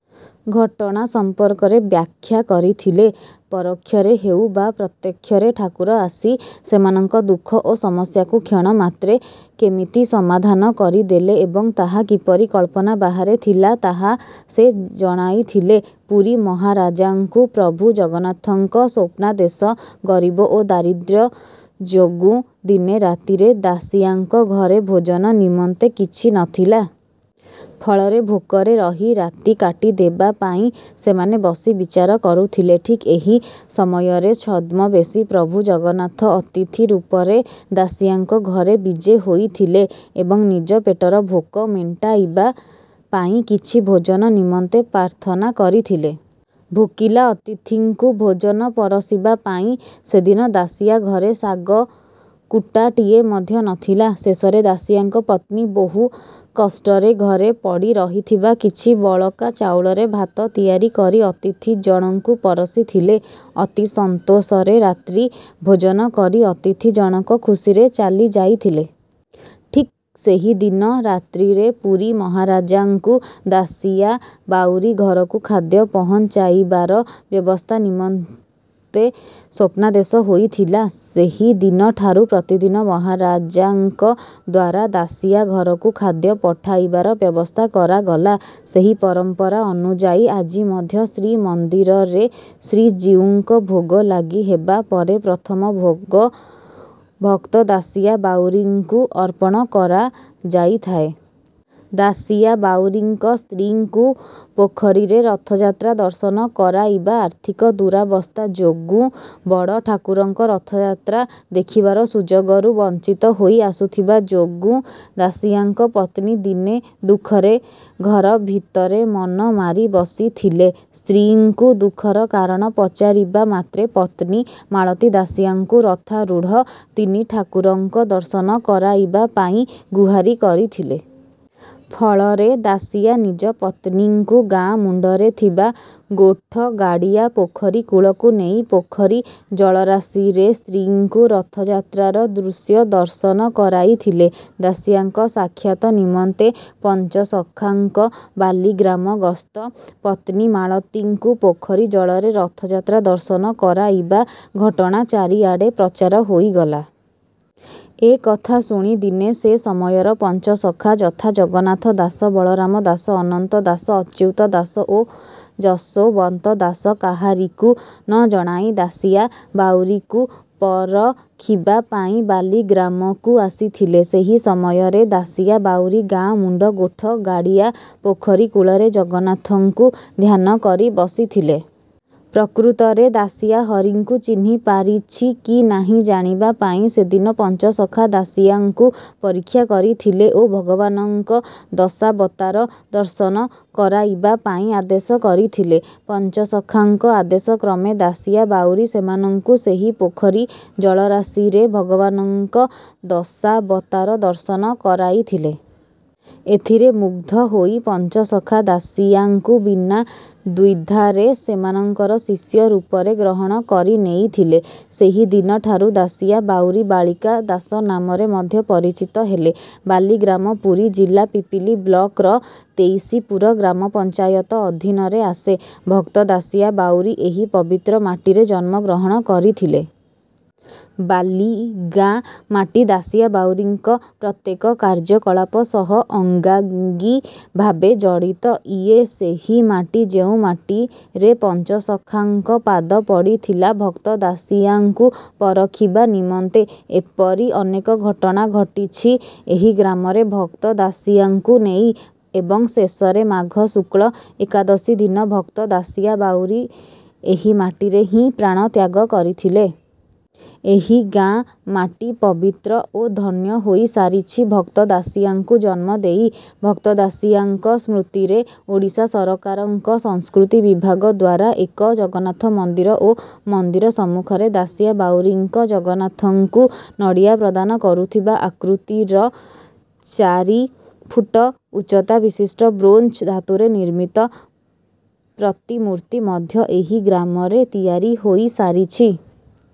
ଘଟଣା ସମ୍ପର୍କରେ ବ୍ୟାଖ୍ୟା କରିଥିଲେ। ପରୋକ୍ଷରେ ହେଉ ବା ପ୍ରତ୍ୟକ୍ଷରେ ଠାକୁର ଆସି ସେମାନଙ୍କ ଦୁଃଖ ଓ ସମସ୍ୟାକୁ କ୍ଷଣମାତ୍ରେ କେମିତି ସମାଧାନ କରିଦେଲେ ଏବଂ ତାହା କିପରି କଳ୍ପନା ବାହାରେ ଥିଲା ତାହା ସେ ଜଣାଇଥିଲେ। ପୁରୀ ମହାରାଜାଙ୍କୁ ପ୍ରଭୁ ଜଗନ୍ନାଥଙ୍କ ସ୍ୱପ୍ନାଦେଶ ଗରୀବ ଓ ଦାରିଦ୍ର୍ୟ ଯୋଗୁଁ ଦିନେ ରାତିରେ ଦାସିଆଙ୍କ ଘରେ ଭୋଜନ ନିମନ୍ତେ କିଛି ନଥିଲା। ଫଳରେ ଭୋକରେ ରହି ରାତି କାଟି ଦେବା ପାଇଁ ସେମାନେ ବସି ବିଚାର କରୁଥିଲେ। ଠିକ୍ ଏହି ସମୟରେ ଛଦ୍ମବେଶୀ ପ୍ରଭୁ ଜଗନ୍ନାଥ ଅତିଥି ରୂପରେ ଦାସିଆଙ୍କ ଘରେ ବିଜେ ହୋଇଥିଲେ ଏବଂ ନିଜ ପେଟର ଭୋକ ମେଣ୍ଟାଇବା ପାଇଁ କିଛି ଭୋଜନ ନିମନ୍ତେ ପ୍ରାର୍ଥନା କରିଥିଲେ। ଭୋକିଲା ଅତିଥିଙ୍କୁ ଭୋଜନ ପରସିବା ପାଇଁ ସେଦିନ ଦାସିଆ ଘରେ ଶାଗ କୂଟାଟିଏ ମଧ୍ୟ ନଥିଲା। ଶେଷରେ ଦାସିଆଙ୍କ ପତ୍ନୀ ବହୁ କଷ୍ଟରେ ଘରେ ପଡ଼ିରହିଥିବା କିଛି ବଳକା ଚାଉଳରେ ଭାତ ତିଆରି କରି ଅତିଥି ଜଣଙ୍କୁ ପରସିଥିଲେ। ଅତି ସନ୍ତୋଷରେ ରାତ୍ରି ଭୋଜନ କରି ଅତିଥି ଜଣକ ଖୁସିରେ ଚାଲିଯାଇଥିଲେ। ଠିକ୍ ସେହିଦିନ ରାତ୍ରିରେ ପୁରୀ ମହାରାଜାଙ୍କୁ ଦାସିଆ ବାଉରୀ ଘରକୁ ଖାଦ୍ୟ ପହଞ୍ଚାଇବାର ବ୍ୟବସ୍ଥା କରିବା ନିମନ୍ତେ ସ୍ୱପ୍ନାଦେଶ ହୋଇଥିଲା। ସେହିଦିନ ଠାରୁ ପ୍ରତିଦିନ ମହାରାଜାଙ୍କ ଦ୍ୱାରା ଦାସିଆ ଘରକୁ ଖାଦ୍ୟ ପଠାଇବାର ବ୍ୟବସ୍ଥା କରାଗଲା। ସେହି ପରମ୍ପରା ଅନୁଯାୟୀ ଆଜି ମଧ୍ୟ ଶ୍ରୀମନ୍ଦିରରେ ଶ୍ରୀଜିଉଙ୍କ ଭୋଗ ଲାଗି ହେବା ପରେ ପ୍ରଥମ ଭୋଗ ଭକ୍ତ ଦାସିଆ ବାଉରୀଙ୍କୁ ଅର୍ପଣ କରାଯାଇଥାଏ। ଦାସିଆ ବାଉରୀଙ୍କ ସ୍ତ୍ରୀଙ୍କୁ ପୋଖରୀରେ ରଥଯାତ୍ରା ଦର୍ଶନ କରାଇବା ଆର୍ଥିକ ଦୁରାବସ୍ଥା ଯୋଗୁଁ ବଡ଼ ଠାକୁରଙ୍କ ରଥଯାତ୍ରା ଦେଖିବାର ସୁଯୋଗରୁ ବଞ୍ଚିତ ହୋଇ ଆସୁଥିବା ଯୋଗୁଁ ଦାସିଆଙ୍କ ପତ୍ନୀ ଦିନେ ଦୁଃଖରେ ଘର ଭିତରେ ମନ ମାରି ବସିଥିଲେ। ସ୍ତ୍ରୀଙ୍କୁ ଦୁଃଖର କାରଣ ପଚାରିବା ମାତ୍ରେ ପତ୍ନୀ ମାଳତୀ ଦାସିଆଙ୍କୁ ରଥାରୂଢ଼ ତିନି ଠାକୁରଙ୍କ ଦର୍ଶନ କରାଇବା ପାଇଁ ଗୁହାରି କରିଥିଲେ। ଫଳରେ ଦାସିଆ ନିଜ ପତ୍ନୀଙ୍କୁ ଗାଁ ମୁଣ୍ଡରେ ଥିବା ଗୋଠଗାଡ଼ିଆ ପୋଖରୀ କୂଳକୁ ନେଇ ପୋଖରୀ ଜଳରାଶିରେ ସ୍ତ୍ରୀଙ୍କୁ ରଥଯାତ୍ରାର ଦୃଶ୍ୟ ଦର୍ଶନ କରାଇଥିଲେ। ଦାସିଆଙ୍କ ସାକ୍ଷାତ ନିମନ୍ତେ ପଞ୍ଚସଖାଙ୍କ ବାଲିଗ୍ରାମ ଗସ୍ତ ପତ୍ନୀ ମାଳତୀଙ୍କୁ ପୋଖରୀ ଜଳରେ ରଥଯାତ୍ରା ଦର୍ଶନ କରାଇବା ଘଟଣା ଚାରିଆଡ଼େ ପ୍ରଚାର ହୋଇଗଲା। ଏ କଥା ଶୁଣି ଦିନେ ସେ ସମୟର ପଞ୍ଚସଖା ଯଥା ଜଗନ୍ନାଥ ଦାସ ବଳରାମ ଦାସ ଅନନ୍ତ ଦାସ ଅଚ୍ୟୁତ ଦାସ ଓ ଯଶୋବନ୍ତ ଦାସ କାହାରିକୁ ନଜଣାଇ ଦାସିଆ ବାଉରୀକୁ ପରଖିବା ପାଇଁ ବାଲିଗ୍ରାମକୁ ଆସିଥିଲେ। ସେହି ସମୟରେ ଦାସିଆ ବାଉରୀ ଗାଁ ମୁଣ୍ଡ ଗୋଠଗାଡ଼ିଆ ପୋଖରୀ କୂଳରେ ଜଗନ୍ନାଥଙ୍କୁ ଧ୍ୟାନ କରି ବସିଥିଲେ। ପ୍ରକୃତରେ ଦାସିଆ ହରିଙ୍କୁ ଚିହ୍ନି ପାରିଛି କି ନାହିଁ ଜାଣିବା ପାଇଁ ସେଦିନ ପଞ୍ଚସଖା ଦାସିଆଙ୍କୁ ପରୀକ୍ଷା କରିଥିଲେ ଓ ଭଗବାନଙ୍କ ଦଶାବତାର ଦର୍ଶନ କରାଇବା ପାଇଁ ଆଦେଶ କରିଥିଲେ। ପଞ୍ଚସଖାଙ୍କ ଆଦେଶ କ୍ରମେ ଦାସିଆ ବାଉରୀ ସେମାନଙ୍କୁ ସେହି ପୋଖରୀ ଜଳରାଶିରେ ଭଗବାନଙ୍କ ଦଶାବତାର ଦର୍ଶନ କରାଇଥିଲେ। ଏଥିରେ ମୁଗ୍ଧ ହୋଇ ପଞ୍ଚସଖା ଦାସିଆଙ୍କୁ ବିନା ଦ୍ୱିଧାରେ ସେମାନଙ୍କର ଶିଷ୍ୟ ରୂପରେ ଗ୍ରହଣ କରିନେଇଥିଲେ। ସେହିଦିନ ଠାରୁ ଦାସିଆ ବାଉରୀ ବାଳିକା ଦାସ ନାମରେ ମଧ୍ୟ ପରିଚିତ ହେଲେ। ବାଲିଗ୍ରାମ ପୁରୀ ଜିଲ୍ଲା ପିପିଲି ବ୍ଲକର ତେଇସିପୁର ଗ୍ରାମ ପଞ୍ଚାୟତ ଅଧୀନରେ ଆସେ। ଭକ୍ତ ଦାସିଆ ବାଉରୀ ଏହି ପବିତ୍ର ମାଟିରେ ଜନ୍ମଗ୍ରହଣ କରିଥିଲେ। ବାଲିଗାଁ ମାଟି ଦାସିଆ ବାଉରୀଙ୍କ ପ୍ରତ୍ୟେକ କାର୍ଯ୍ୟକଳାପ ସହ ଅଙ୍ଗାଙ୍ଗୀ ଭାବେ ଜଡ଼ିତ। ଇଏ ସେହି ମାଟି ଯେଉଁ ମାଟିରେ ପଞ୍ଚସଖାଙ୍କ ପାଦ ପଡ଼ିଥିଲା ଭକ୍ତ ଦାସିଆଙ୍କୁ ପରଖିବା ନିମନ୍ତେ। ଏପରି ଅନେକ ଘଟଣା ଘଟିଛି ଏହି ଗ୍ରାମରେ ଭକ୍ତ ଦାସିଆଙ୍କୁ ନେଇ। ଏବଂ ଶେଷରେ ମାଘ ଶୁକ୍ଳ ଏକାଦଶୀ ଦିନ ଭକ୍ତ ଦାସିଆ ବାଉରୀ ଏହି ମାଟିରେ ହିଁ ପ୍ରାଣ ତ୍ୟାଗ କରିଥିଲେ। ଏହି ଗାଁ ମାଟି ପବିତ୍ର ଓ ଧନ୍ୟ ହୋଇସାରିଛି ଭକ୍ତ ଦାସିଆଙ୍କୁ ଜନ୍ମ ଦେଇ। ଭକ୍ତ ଦାସିଆଙ୍କ ସ୍ମୃତିରେ ଓଡ଼ିଶା ସରକାରଙ୍କ ସଂସ୍କୃତି ବିଭାଗ ଦ୍ୱାରା ଏକ ଜଗନ୍ନାଥ ମନ୍ଦିର ଓ ମନ୍ଦିର ସମ୍ମୁଖରେ ଦାସିଆ ବାଉରୀଙ୍କ ଜଗନ୍ନାଥଙ୍କୁ ନଡ଼ିଆ ପ୍ରଦାନ କରୁଥିବା ଆକୃତିର ଚାରି ଫୁଟ ଉଚ୍ଚତା ବିଶିଷ୍ଟ ବ୍ରୋଞ୍ଜ ଧାତୁରେ ନିର୍ମିତ ପ୍ରତିମୂର୍ତ୍ତି ମଧ୍ୟ ଏହି ଗ୍ରାମରେ ତିଆରି ହୋଇସାରିଛି।